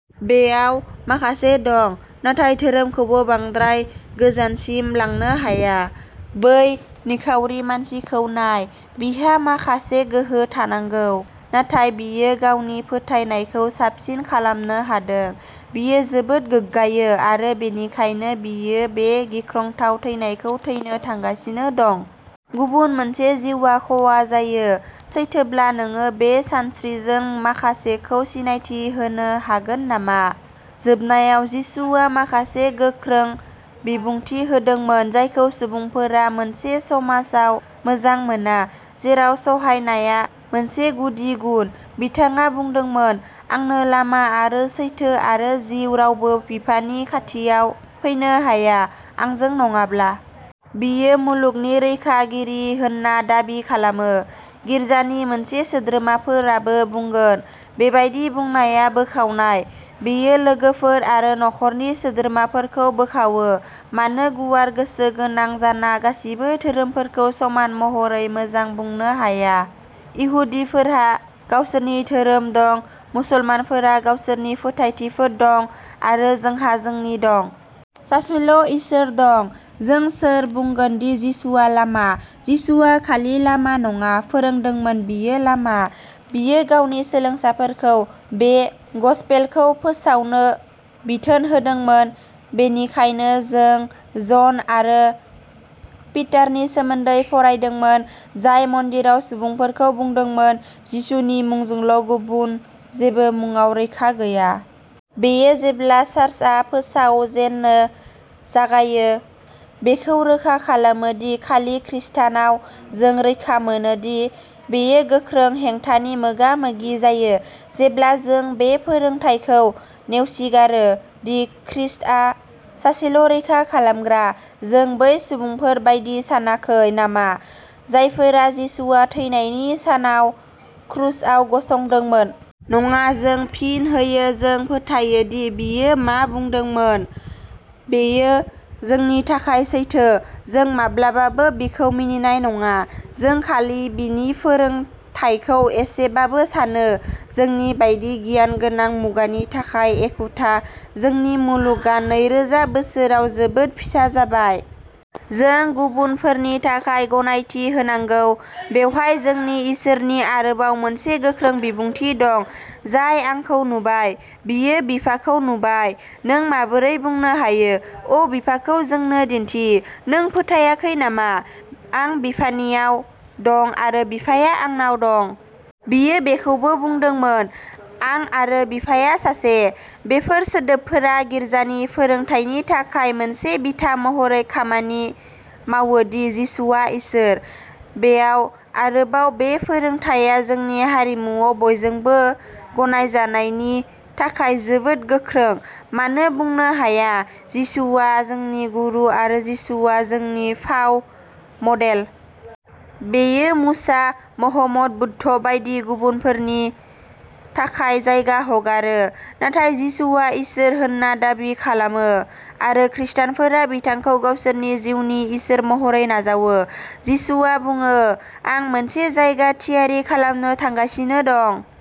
बेयाव माखासे दं नाथाय धोरोमखौबो बांद्राय गोजानसिम लांनो हाया। बै निखावरि मानसिखौ नाय। बिहा माखासे गोहो थानांगौ, नाथाय बियो गावनि फोथायनायखौ साबसिन खालामनो होदों। बियो जोबोद गोग्गायो आरो बेनिखायनो बियो बे गिख्रंथाव थैनायखौ थैनो थांगासिनो दं। गुबुन मोनसे जिउआ खहा जायो। सैथोब्ला नोङो बे सानस्रिजों माखासेखौ सिनायथि होनो हागोन नामा? जोबनायाव, जिसुआ माखासे गोख्रों बिबुंथि होदोंमोन जायखौ सुबुंफोरा मोनसे समाजाव मोजां मोना जेराव सहायनाया मोनसे गुदि गुन। बिथाङा बुंदोंमोन, "आंनो लामा आरो सैथो आरो जिउ रावबो बिफानि खाथियाव फैनो हाया आंजों नङाब्ला।" बियो मुलुगनि रैखागिरि होनना दाबि खालामो। गिरजानि मोजां सोद्रोमाफोराबो बुंगोन, बेबादि बुंनाया बोखावनाय। बेयो लोगोफोर आरो नखरनि सोद्रोमाफोरखौ बोखावो। मानो गुवार गोसो गोनां जाना गासिबो धोरोमफोरखौ समान महरै मोजां बुंनो हाया? इहुदिफोरहा गावसोरनि धोरोम दं, मुसलमानफोरा गावसोरनि फोथायथिफोर दं, आरो जोंहा जोंनि दं। सासेल' इसोर दं। जों सोर बुंगोन दि जिसुआ लामा? जिसुआ खालि लामा नङा फोरोंदोंमोन बियो लामा। बियो गावनि सोलोंसाफोरखौ बे गसपेलखौ फोसावनो बिथोन होदोंमोन। बेनिखायनो जों जन आरो पिटारनि सोमोन्दै फरायदोंमोन, जाय मन्दिराव सुबुंफोरखौ बुंदोंमोन, "जिसुनि मुंजोंल' गुबुन जेबो मुङाव रैखा गैया"। बेयो जेब्ला चार्चआ फोसावजेननो जागायो बेखौ रोखा खालामो दि खालि ख्रिस्ट’नाव जों रैखा मोनो दि बेयो गोख्रों हेंथानि मोगा-मोगि जायो। जेब्ला जों बे फोरोंथायखौ नेवसिगारो, दि ख्रिस्ट’आ सासेल' रैखा खालामग्रा, जों बै सुबुंफोर बायदि सानाखै नामा जायफोरा जिसुआ थैनायनि सानाव क्रुसआव गसंदोंमोन? नङा, जों फिन होयो, जों फोथायो दि बियो मा बुंदोंमोन बेयो जोंनि थाखाय सैथो। जों माब्लाबाबो बिखौ मिनिनाय नङा। जों खालि बिनि फोरोंथायखौ एसेबाबो सानो। जोंनि बायदि गियानगोनां मुगानि थाखाय एखुथा। जोंनि मुलुगआ नै रोजा बोसोराव जोबोद फिसा जाबाय। जों गुबुनफोरनि थाखाय गनायथि होनांगौ। बेवहाय जोंनि इसोरनि आरोबाव मोनसे गोख्रों बिबुंथि दं, "जाय आंखौ नुबाय, बियो बिफाखौ नुबाय। नों माबोरै बुंनो हायो, अ बिफाखौ जोंनो दिन्थि? नों फोथायाखै नामा आं बिफानियाव दं, आरो बिफाया आंनाव दं? बियो बेखौबो बुंदोंमोन, "आं आरो बिफाया सासे।" बेफोर सोदोबफोरा गिरजानि फोरोंथायनि थाखाय मोनसे बिथा महरै खामानि मावो दि जिसुआ इसोर। बेयाव आरोबाव बे फोरोंथाया जोंनि हारिमुआव बयजोंबो गनायजानायनि थाखाय जोबोद गोख्रों। मानो बुंनो हाया, जिसुआ जोंनि गुरु एबा जिसुआ जोंनि फाव मडेल। बेयो मुसा, महम्मद, बुद्ध बायदि गुबुनफोरनि थाखाय जायगा हगारो। नाथाय जिसुआ इसोर होनना दाबि खालामो, आरो खिस्टानफोरा बिथांखौ गावसोरनि जिउनि इसोर महरै नाजावो। जिसुआ बुङो, "आं मोनसे जायगा थियारि खालामनो थांगासिनो दं।